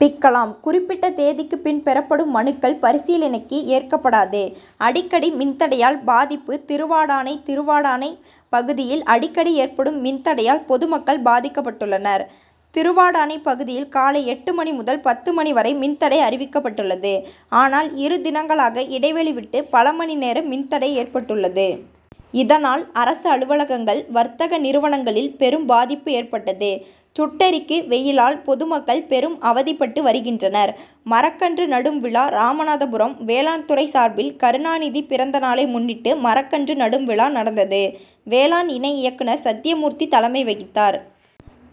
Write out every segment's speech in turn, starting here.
பிக்கலாம். குறிப்பிட்ட தேதிக்கு பின் பெறப்படும் மனுக்கள் பரிசீலணைக்கு ஏற்கப்படாது. அடிக்கடி மின்தடையால் பாதிப்பு திருவாடானை: திருவாடானை பகுதியில் அடிக்கடி ஏற்படும் மின்தடையால் பொதுமக்கள் பாதிக்கபட்டுள்ளனர். திருவாடானை பகுதியில் காலை எட்டு மணி முதல் பத்து மணி வரை மின்தடை அறிவிக்கபட்டுள்ளது. ஆனால் இரு தினங்களாக இடைவெளி விட்டு பல மணி நேரம் மின்தடை ஏற்பட்டுள்ளது. இதனால் அரசு அலுவலகங்கள், வர்த்தக நிறுவனங்களில் பெரும் பாதிப்பு ஏற்பட்டது. சுட்டெரிக்கு வெயிலால் பொதுமக்கள் பெரும் அவதிபட்டு வருகின்றனர். மரக்கன்று நடும்விழா ராமநாதபுரம்: வேளாண் துறை சார்பில் கருணாநிதி பிறந்த நாளை முன்னிட்டு மரக்கன்று நடும் விழா நடந்தது. வேளாண் இணை இயக்குனர் சத்தியமூர்த்தி தலைமை வகித்தார்.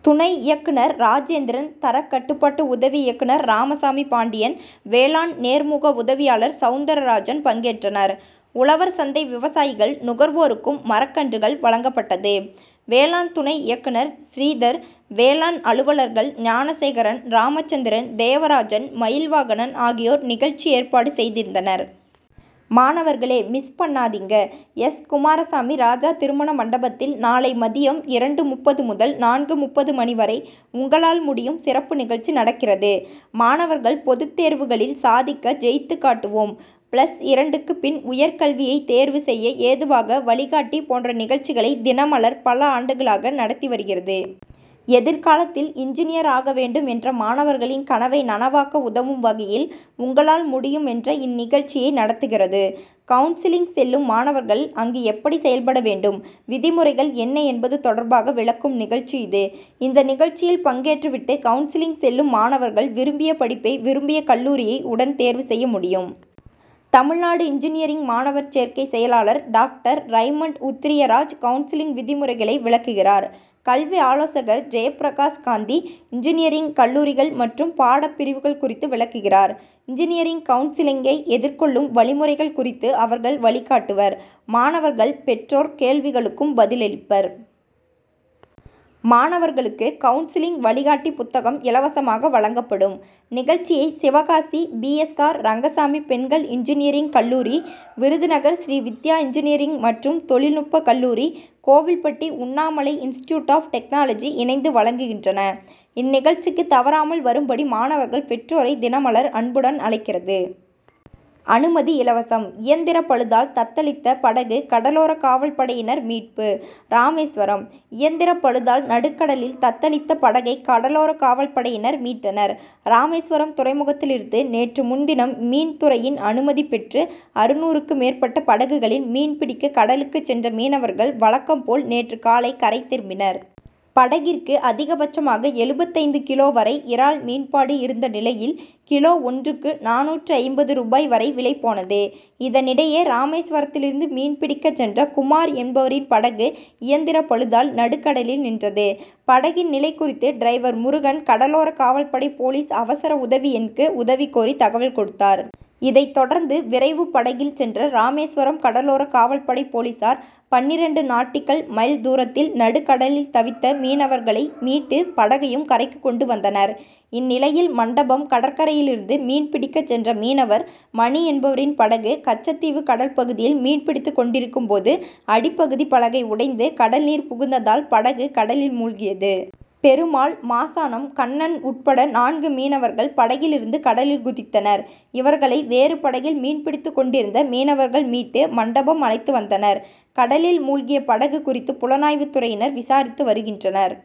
துணை இயக்குனர் ராஜேந்திரன் தரக் கட்டுபாடு உதவி இயக்குனர் ராமசாமி பாண்டியன், வேளாண் நேர்முக உதவியாளர் சவுந்தராஜன் பங்கேற்றனர். உழவர் சந்தை விவசாயிகள், நுகர் வோருக்கும் மரக்கன்றுகள் வழங்கப்பட்டது. வேளாண் துணை இயக்குனர் ஸ்ரீதர், வேளாண் அலுவலர்கள் ஞானசேகரன், ராமசந்திரன், தேவராஜன், மயில்வாகனன் ஆகியோர் நிகழ்ச்சி ஏற்பாடு செய்திருந்தனர். மாணவர்களே மிஸ் பண்ணாதீங்க! எஸ். குமாரசாமி ராஜா திருமண மண்டபத்தில் நாளை மதியம் இரண்டு.முப்பது முதல் நான்கு.முப்பது மணி வரை உங்களால் முடியும் சிறப்பு நிகழ்ச்சி நடக்கிறது. மாணவர்கள் பொதுதேர்வுகளில் சாதிக்க ஜெயித்து காட்டுவோம்,'பிளஸ் இரண்டுக்கு பின் உயர் கல்வியை தேர்வு செய்ய ஏதுவாக வழிகாட்டி போன்ற நிகழ்ச்சிகளை தினமலர் பல ஆண்டுகளாக நடத்தி வருகிறது. எதிர்காலத்தில் இன்ஜினியர் ஆக வேண்டும் என்ற மாணவர்களின் கனவை நனவாக்க உதவும் வகையில் உங்களால் முடியும்' என்ற இந்நிகழ்ச்சியை நடத்துகிறது. கவுன்சிலிங் செல்லும் மாணவர்கள் அங்கு எப்படி செயல்பட வேண்டும், விதிமுறைகள் என்ன என்பது தொடர்பாக விளக்கும் நிகழ்ச்சி இது. இந்த நிகழ்ச்சியில் பங்கேற்று விட்டு கவுன்சிலிங் செல்லும் மாணவர்கள் விரும்பிய படிப்பை, விரும்பிய கல்லூரியை உடன் தேர்வு செய்ய முடியும். தமிழ்நாடு இன்ஜினியரிங் மாணவர் சேர்க்கை செயலாளர் டாக்டர் றைமண்ட் உத்திரியராஜ் கவுன்சிலிங் விதிமுறைகளை விளக்குகிறார். கல்வி ஆலோசகர் ஜெயப்பிரகாஷ் காந்தி இன்ஜினியரிங் கல்லூரிகள் மற்றும் பாடப்பிரிவுகள் குறித்து விளக்குகிறார். இன்ஜினியரிங் கவுன்சிலிங்கை எதிர்கொள்ளும் வழிமுறைகள் குறித்து அவர்கள் வழிகாட்டுவர். மாணவர்கள், பெற் றோர் கேள்விகளுக்கும் பதிலளிப்பர். மாணவர்களுக்கு கவுன்சிலிங் வழிகாட்டி புத்தகம் இலவசமாக வழங்கப் படும். நிகழ்ச்சியை Sivakasi P. S. R. Rengasamy பெண்கள் இன்ஜினியரிங் கல்லூரி, விருதுநகர் ஸ்ரீ வித்யா இன்ஜினியரிங் மற்றும் தொழில் நுட்ப கல்லூரி, Kovilpatti Unnamalai institute of technology இணைந்து வழங்குகின்றன. இந்நிகழ்ச்சிக்கு தவறாமல் வரும்படி மாணவர்கள், பெற்றோரை தினமலர் அன்புடன் அழைக் கிறது. அனுமதி இலவசம். இயந்திர பழுதால் தத்தளித்த படகு கடலோர காவல்படையினர் மீட்பு ராமேஸ்வரம்: இயந்திர பழுதால் நடுக்கடலில் தத்தளித்த படகை கடலோர காவல்படையினர் மீட்டனர். ராமேஸ்வரம் துறைமுகத்திலிருந்து நேற்று முன்தினம் மீன்துறையின் அனுமதி பெற்று அறுநூறுக்கு மேற்பட்ட படகுகளில் மீன்பிடிக்க கடலுக்கு சென்ற மீனவர்கள், வழக்கம் போல் நேற்று காலை கரை திரும்பினர். படகிற்கு அதிகபட்சமாக எழுபத்தைந்து கிலோ வரை இறால் மீன்பாடு இருந்த நிலையில் கிலோ ஒன்றுக்கு நானூற்று ஐம்பது ரூபாய் வரை விலை போனது. இதனிடையே, ராமேஸ்வரத்திலிருந்து மீன்பிடிக்க சென்ற குமார் என்பவரின் படகு இயந்திர பழுதால் நடுக்கடலில் நின்றது. படகின் நிலை குறித்து டிரைவர் முருகன், கடலோர காவல்படை போலீஸ் அவசர உதவி எண் க்கு உதவி கோரி தகவல் கொடுத்தார். இதை தொடர்ந்து விரைவு படகில் சென்ற ராமேஸ்வரம் கடலோர காவல்படை போலீசார், பன்னிரண்டு நாட்டிகல் மைல் தூரத்தில் நடுக்கடலில் தவித்த மீனவர்களை மீட்டு படகையும் கரைக்கு கொண்டு வந்தனர். இந்நிலையில், மண்டபம் கடற்கரையிலிருந்து மீன்பிடிக்க சென்ற மீனவர் மணி என்பவரின் படகு கச்சத்தீவு கடல் பகுதியில் மீன்பிடித்து கொண்டிருக்கும்போது, அடிப்பகுதி பலகை உடைந்து கடல் நீர் புகுந்ததால், படகு கடலில் மூழ்கியது. பெருமாள், மாசானம், கண்ணன் உட்பட நான்கு மீனவர்கள் படகிலிருந்து கடலில் குதித்தனர். இவர்களை வேறு படகில் மீன்பிடித்து கொண்டிருந்த மீனவர்கள் மீட்டு மண்டபம் அழைத்து வந்தனர். கடலில் மூழ்கிய படகு குறித்து புலனாய்வு துறையினர் விசாரித்து வருகின்றனர்.